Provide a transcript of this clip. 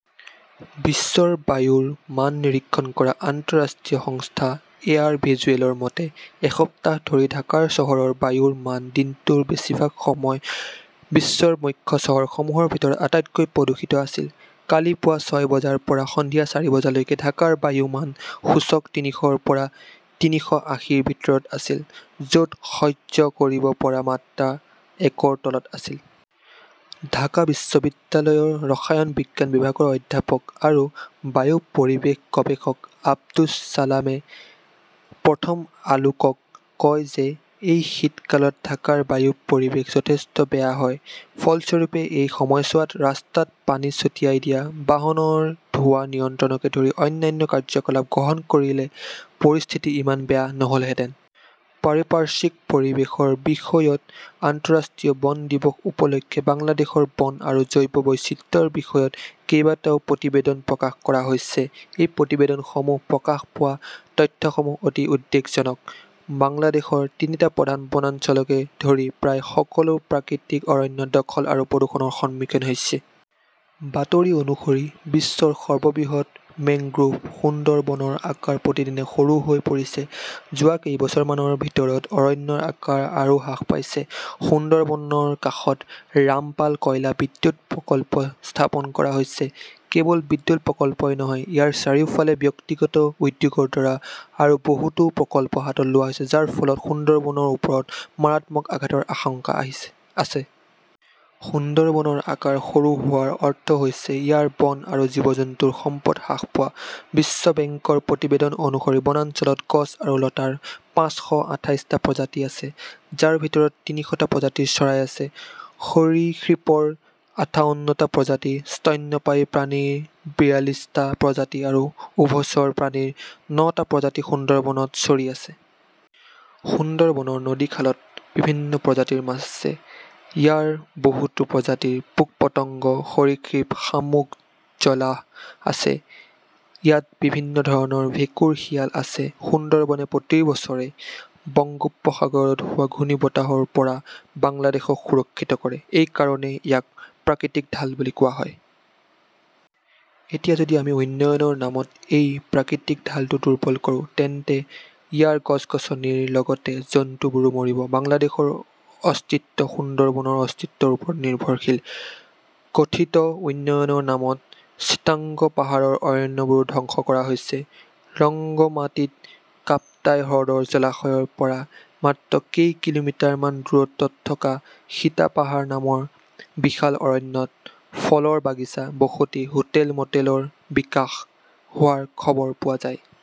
বিশ্বৰ বায়ুৰ মান নিৰীক্ষণ কৰা আন্তঃৰাষ্ট্ৰীয় সংস্থা এয়াৰ ভিজুৱেলৰ মতে, এসপ্তাহ ধৰি ঢাকা চহৰৰ বায়ুৰ মান দিনটোৰ বেছিভাগ সময় বিশ্বৰ মুখ্য চহৰসমূহৰ ভিতৰত আটাইতকৈ প্ৰদূষিত আছিল। কালি পুৱা ছয় বজাৰ পৰা সন্ধিয়া চাৰি বজালৈকে ঢাকাৰ বায়ু মান সূচক তিনিশৰ পৰা তিনিশ আশীৰ ভিতৰত আছিল, য'ত সহ্য কৰিব পৰা মাত্ৰা একৰ তলত আছিল। ঢাকা বিশ্ববিদ্যালয়ৰ ৰসায়ন বিজ্ঞান বিভাগৰ অধ্যাপক আৰু বায়ু পৰিৱেশ গৱেষক আব্দুছ চালামে প্ৰথম আলোকক কয় যে, এই শীতকালত ঢাকাৰ বায়ু পৰিৱেশ যথেষ্ট বেয়া হয়। ফলস্বৰূপে, এই সময়ছোৱাত ৰাস্তাত পানী ছটিয়াই দিয়া, বাহনৰ ধোঁৱা নিয়ন্ত্ৰণকে ধৰি অন্যান্য কাৰ্যকলাপ গ্ৰহণ কৰিলে পৰিস্থিতি ইমান বেয়া নহ'লহেঁতেন। পাৰিপাৰ্শ্বিক পৰিৱেশৰ বিষয়ত আন্তঃৰাষ্ট্ৰীয় বন দিৱস উপলক্ষে বাংলাদেশৰ বন আৰু জৈৱ বৈচিত্ৰ্যৰ বিষয়ত কেইবাটাও প্ৰতিবেদন প্ৰকাশ কৰা হৈছে। এই প্ৰতিবেদনসমূহত প্ৰকাশ পোৱা তথ্যসমূহ অতি উদ্বেগজনক। বাংলাদেশৰ তিনিটা প্ৰধান বনাঞ্চলকে ধৰি প্ৰায় সকলো প্ৰাকৃতিক অৰণ্য দখল আৰু প্ৰদূষণৰ সন্মুখীন হৈছে। বাতৰি অনুসৰি, বিশ্বৰ সৰ্ববৃহৎ মেংগ্ৰোভ সুন্দৰবনৰ আকাৰ প্ৰতিদিনে সৰু হৈ পৰিছে। যোৱা কেইবছৰমানৰ ভিতৰত অৰণ্যৰ আকাৰ আৰু হ্ৰাস পাইছে। সুন্দৰবনৰ কাষত ৰামপাল কয়লা বিদ্যুৎ প্ৰকল্প স্থাপন কৰা হৈছে। কেৱল বিদ্যুৎ প্ৰকল্পই নহয়, ইয়াৰ চাৰিওফালে ব্যক্তিগত উদ্যোগৰ দ্বাৰা আৰু বহুতো প্ৰকল্প হাতত লোৱা হৈছে, যাৰ ফলত সুন্দৰবনৰ ওপৰত মাৰাত্মক আঘাতৰ আশংকা আছে। সুন্দৰবনৰ আকাৰ সৰু হোৱাৰ অৰ্থ হৈছে ইয়াৰ বন আৰু জীৱ-জন্তুৰ সম্পদ হ্ৰাস পোৱা। বিশ্ব বেংকৰ প্ৰতিবেদন অনুসৰি, বনাঞ্চলত গছ আৰু লতাৰ পাঁচশ আঠাইশটা প্ৰজাতি আছে, যাৰ ভিতৰত তিনিশটা প্ৰজাতিৰ চৰাই আছে। সৰীসৃপৰ আঠাউন্নটা প্ৰজাতি, স্তন্যপায়ী প্ৰাণীৰ বিৰালিশটা প্ৰজাতি আৰু উভচৰ প্ৰাণীৰ নটা প্ৰজাতি সুন্দৰবনত চৰি আছে। সুন্দৰবনৰ নদী-খালত বিভিন্ন প্ৰজাতিৰ মাছ আছে। ইয়াত বহুতো প্ৰজাতিৰ পোক-পতংগ, সৰীসৃপ, শামুক-জলাহ আছে। ইয়াত বিভিন্ন ধৰণৰ ভেঁকুৰ, শিয়াল আছে। সুন্দৰবনে প্ৰতি বছৰে বংগোপসাগৰত হোৱা ঘূৰ্ণীবতাহৰ পৰা বাংলাদেশক সুৰক্ষিত কৰে। এই কাৰণেই ইয়াক প্ৰাকৃতিক ঢাল বুলি কোৱা হয়। এতিয়া যদি আমি উন্নয়নৰ নামত এই প্ৰাকৃতিক ঢালটো দুৰ্বল কৰোঁ, তেন্তে ইয়াৰ গছ-গছনিৰ লগতে জন্তুবোৰো মৰিব। বাংলাদেশৰ অস্তিত্ব সুন্দৰবনৰ অস্তিত্বৰ ওপৰত নিৰ্ভৰশীল। কথিত উন্নয়নৰ নামত চিটাগং পাহাৰৰ অৰণ্যবোৰো ধ্বংস কৰা হৈছে। ৰংগমাতিত কাপ্তাই হ্ৰদৰ জলাশয়ৰ পৰা মাত্ৰ কেই কিলোমিটাৰ মান দূৰত্বত থকা সীতা পাহাৰ নামৰ বিশাল অৰণ্যত ফলৰ বাগিচা, বসতি, হোটেল-মটেলৰ বিকাশ হোৱাৰ খবৰ পোৱা যায়।